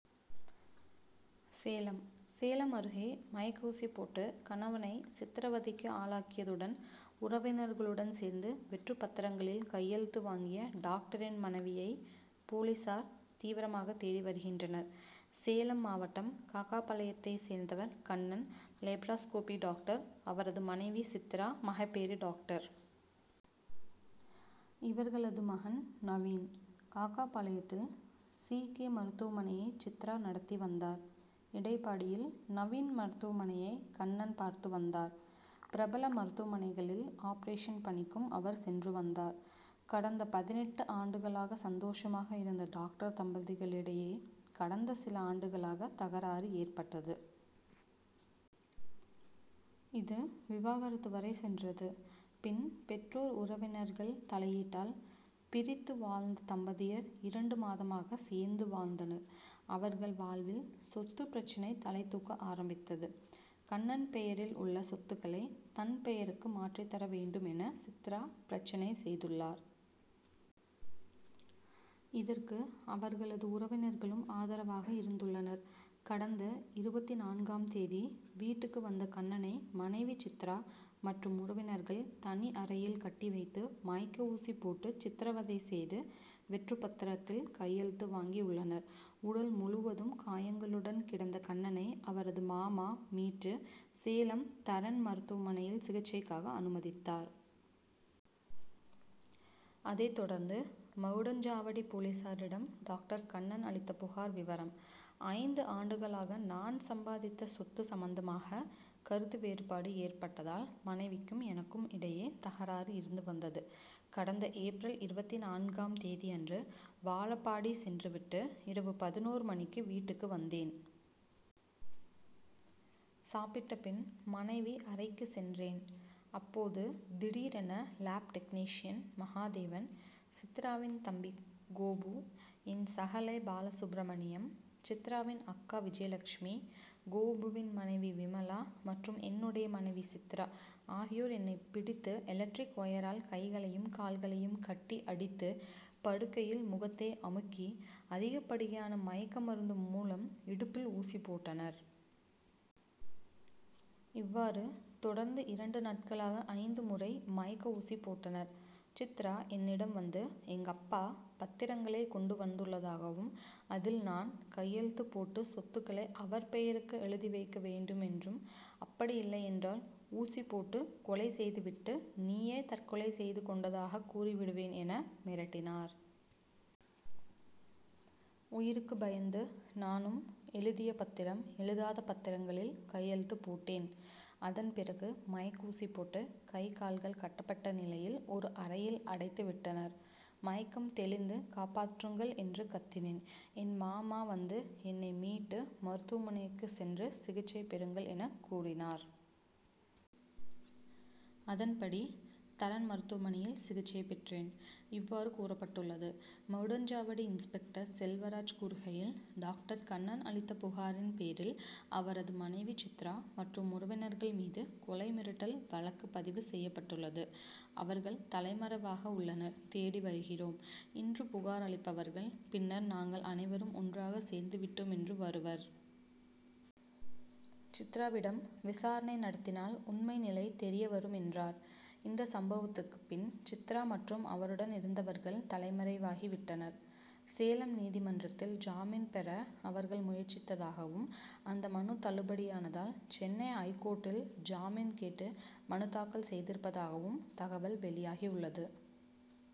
சேலம் சேலம் அருகே மயக்க ஊசி போட்டு கணவனை சித்ரவதைக்கு ஆளாக்கியதுடன் உறவினர்களுடன் சேர்ந்து வெற்றுப் பத்திரங்களில் கையெழுத்து வாங்கிய டாக்டரின் மனைவியை போலீசார் தீவிரமாக தேடி வருகின்றனர். சேலம் மாவட்டம் காகாபாளையத்தைச் சேர்ந்தவர் கண்ணன் லேப்ராஸ்கோபி டாக்டர். அவரது மனைவி சித்ரா மகப்பேறு டாக்டர். இவர்களது மகன் நவீன். காகாபாளையத்தில் சி. கே. மருத்துவமனையை சித்ரா நடத்தி வந்தார். இடைப்பாடியில் நவீன் மருத்துவமனையை கண்ணன் பார்த்து வந்தார். பிரபல மருத்துவமனைகளில் ஆபரேஷன் பணிக்கும் அவர் சென்று வந்தார். கடந்த பதினெட்டு ஆண்டுகளாக சந்தோஷமாக இருந்த டாக்டர் தம்பதிகளிடையே கடந்த சில ஆண்டுகளாக தகராறு ஏற்பட்டது. இது விவாகரத்து வரை சென்றது. பின் பெற்றோர் உறவினர்கள் தலையீட்டால் பிரித்து வாழ்ந்த தம்பதியர் இரண்டு மாதமாக சேர்ந்து வாழ்ந்தனர். அவர்கள் வாழ்வில் சொத்துப் பிரச்னை தலைதூக்க ஆரம்பித்தது. கண்ணன் பெயரில் உள்ள சொத்துக்களை தன் பெயருக்கு மாற்றித் தர வேண்டும் என சித்ரா பிரச்னை செய்துள்ளார். இதற்கு அவர்களது உறவினர்களும் ஆதரவாக இருந்துள்ளனர். கடந்த இருபத்துநான்காம் தேதி வீட்டுக்கு வந்த கண்ணனை மனைவி சித்ரா மற்றும் உறவினர்கள் தனி அறையில் கட்டி வைத்து மயக்க ஊசி போட்டு சித்ரவதை செய்து வெற்றுப் பத்திரத்தில் கையெழுத்து வாங்கி உள்ளனர். உடல் முழுவதும் காயங்களுடன் கிடந்த கண்ணனை அவரது மாமா மீட்டு சேலம் தரண் மருத்துவமனையில் சிகிச்சைக்காக அனுமதித்தார். அதைத் தொடர்ந்து மகுடஞ்சாவடி போலீசாரிடம் டாக்டர் கண்ணன் அளித்த புகார் விவரம் ஐந்து ஆண்டுகளாக நான் சம்பாதித்த சொத்து சம்பந்தமாக கருத்து வேறுபாடு ஏற்பட்டதால் மனைவிக்கும் எனக்கும் இடையே தகராறு இருந்து வந்தது. கடந்த ஏப்ரல் இருபத்துநான்காம் தேதியன்று வாழப்பாடி சென்று விட்டு இரவு பதினொரு மணிக்கு வீட்டுக்கு வந்தேன். சாப்பிட்ட பின் மனைவி அறைக்கு சென்றேன். அப்போது திடீரென லேப் டெக்னீஷியன் மகாதேவன் சித்ராவின் தம்பி கோபு என் சகலை பாலசுப்பிரமணியம் சித்ராவின் அக்கா விஜயலட்சுமி கோபுவின் மனைவி விமலா மற்றும் என்னுடைய மனைவி சித்ரா ஆகியோர் என்னை பிடித்து எலக்ட்ரிக் ஒயரால் கைகளையும் கால்களையும் கட்டி அடித்து படுக்கையில் முகத்தை அமுக்கி அதிகப்படியான மயக்க மருந்து மூலம் இடுப்பில் ஊசி போட்டனர். இவ்வாறு தொடர்ந்து இரண்டு நாட்களாக ஐந்து முறை மயக்க ஊசி போட்டனர். சித்ரா என்னிடம் வந்து எங்கப்பா பத்திரங்களை கொண்டு வந்துள்ளதாகவும் அதில் நான் கையெழுத்து போட்டு சொத்துக்களை அவர் பெயருக்கு எழுதி வைக்க வேண்டும் என்றும் அப்படி இல்லையென்றால் ஊசி போட்டு கொலை செய்து விட்டு நீயே தற்கொலை செய்து கொண்டதாக கூறி விடுவேன் என மிரட்டினார். உயிருக்கு பயந்து நானும் எழுதிய பத்திரம் எழுதாத பத்திரங்களில் கையெழுத்து போட்டேன். அதன் பிறகு மயக்க ஊசி போட்டு கை கால்கள் கட்டப்பட்ட நிலையில் ஒரு அறையில் அடைத்து விட்டனர். மயக்கம் தெளிந்து காப்பாற்றுங்கள் என்று கத்தினேன். என் மாமா வந்து என்னை மீட்டு மருத்துவமனைக்கு சென்று சிகிச்சை பெறுங்கள் என கூறினார். அதன்படி தரண் மருத்துவமனையில் சிகிச்சை பெற்றேன். இவ்வாறு கூறப்பட்டுள்ளது. மகுடஞ்சாவடி இன்ஸ்பெக்டர் செல்வராஜ் கூறுகையில் டாக்டர் கண்ணன் அளித்த புகாரின் பேரில் அவரது மனைவி சித்ரா மற்றும் உறவினர்கள் மீது கொலை மிரட்டல் வழக்கு பதிவு செய்யப்பட்டுள்ளது. அவர்கள் தலைமறைவாக உள்ளனர் தேடி வருகிறோம். இன்று புகார் அளிப்பவர்கள் பின்னர் நாங்கள் அனைவரும் ஒன்றாக சேர்ந்து விட்டோம் என்று வருவர். சித்ராவிடம் விசாரணை நடத்தினால் உண்மை நிலை தெரியவரும் என்றார். இந்த சம்பவத்துக்கு பின் சித்ரா மற்றும் அவருடன் இருந்தவர்கள் தலைமறைவாகி விட்டனர். சேலம் நீதிமன்றத்தில் ஜாமீன் பெற அவர்கள் முயற்சித்ததாகவும் அந்த மனு தள்ளுபடியானதால் சென்னை ஐகோர்ட்டில் ஜாமீன் கேட்டு மனு தாக்கல் செய்திருப்பதாகவும் தகவல் வெளியாகியுள்ளது.